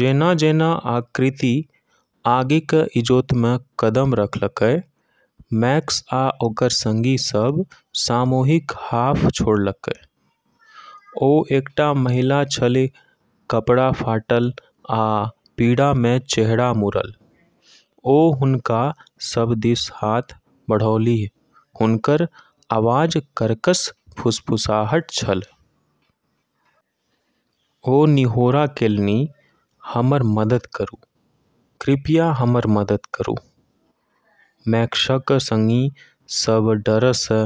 जेना-जेना आकृति आगिक इजोतमे कदम रखलकै, मैक्स आ ओकर संगी सभ सामूहिक हाँफ छोड़लकै। ओ एकटा महिला छलीह, कपड़ा फाटल आ पीड़ामे चेहरा मुड़ल। ओ हुनका सभ दिस हाथ बढ़ौलीह, हुनकर आवाज कर्कश फुसफुसाहट छल। ओ निहोरा केलनि, "हमर मदद करू, कृपया, हमर मदद करू।" मैक्सक संगी सभ डरसँ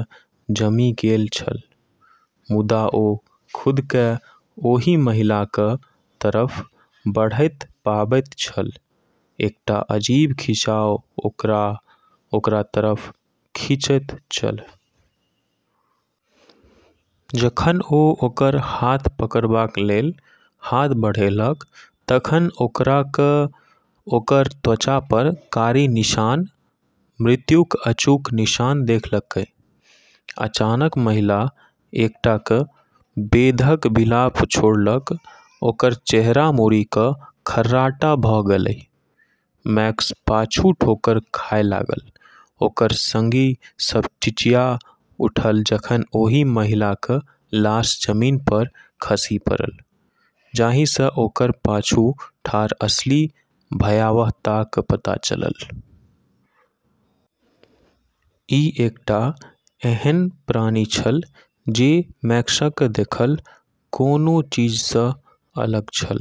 जमि गेल छल, मुदा ओ खुदकेँ ओहि महिलाक तरफ बढ़ैत पाबैत छल, एकटा अजीब खिंचाव ओकरा ओकरा तरफ खींचैत छल। जखन ओ ओकर हाथ पकड़बाक लेल हाथ बढ़ेलक तखन ओकरा ओकर त्वचापर कारी निशान, मृत्युक अचूक निशान देखलकै। अचानक महिला एकटा बेधक विलाप छोड़लक, ओकर चेहरा मुड़ि कऽ खर्राटा भऽ गेलै। मैक्स पाछू ठोकर खाय लागल, ओकर संगी सभ चिचिया उठल जखन ओहि महिलाक लाश जमीनपर खसि पड़ल, जाहिसँ ओकर पाछू ठाढ़ असली भयावहताक पता चलल। ई एकटा एहन प्राणी छल जे मैक्सक देखल कोनो चीजसँ अलग छल,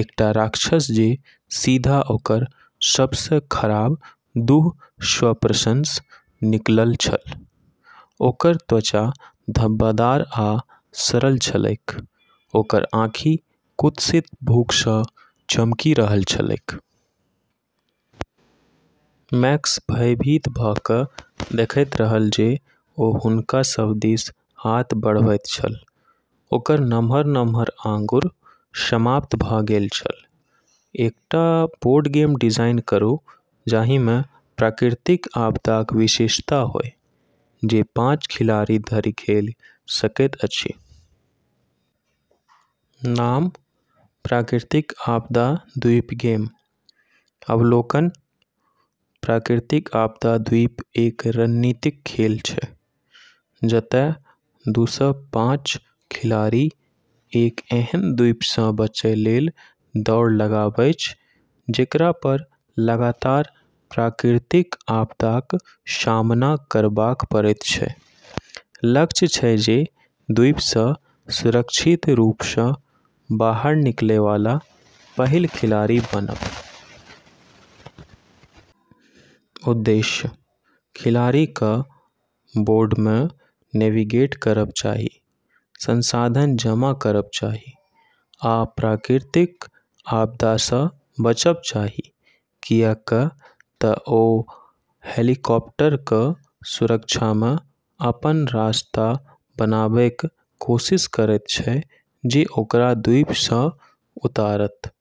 एकटा राक्षस जे सीधा ओकर सबसँ खराब दुःस्वप्नसँ निकलल छल। ओकर त्वचा धब्बादार आ सड़ल छलैक, ओकर आँखि कुत्सित भूखसँ चमकि रहल छलैक। मैक्स भयभीत भऽ कऽ देखैत रहल जे ओ हुनका सभ दिस हाथ बढ़बैत छल, ओकर नमहर-नम्हर आँगुर समाप्त भऽ गेल छल। एकटा बोर्ड गेम डिजाइन करू, जाहिमे प्राकृतिक आपदाक विशेषता होय, जे पाँच खिलाड़ी धरि खेलि सकैत अछि। नाम: प्राकृतिक आपदा द्वीप गेम अवलोकन: प्राकृतिक आपदा द्वीप एक रणनीतिक खेल छै, जतै दूसँ पाँच खिलाड़ी एक एहन द्वीपसँ बचै लेल दौड़ लगाबैछ जेकरापर लगातार प्राकृतिक आपदाक सामना करबाक पड़ैत छै। लक्ष्य छै जे द्वीपसँ सुरक्षित रूपसँ बाहर निकलैवाला पहिल खिलाड़ी बनब। उद्देश्य: खिलाड़ीकेँ बोर्डमे नेविगेट करब चाहि, संसाधन जमा करब चाहि, आ प्राकृतिक आपदासँ बचब चाहि, किऐक तऽ ओ हेलीकॉप्टरक सुरक्षामे अपन रास्ता बनाबैक कोशिश करैत छै जे ओकरा द्वीपसँ उतारत।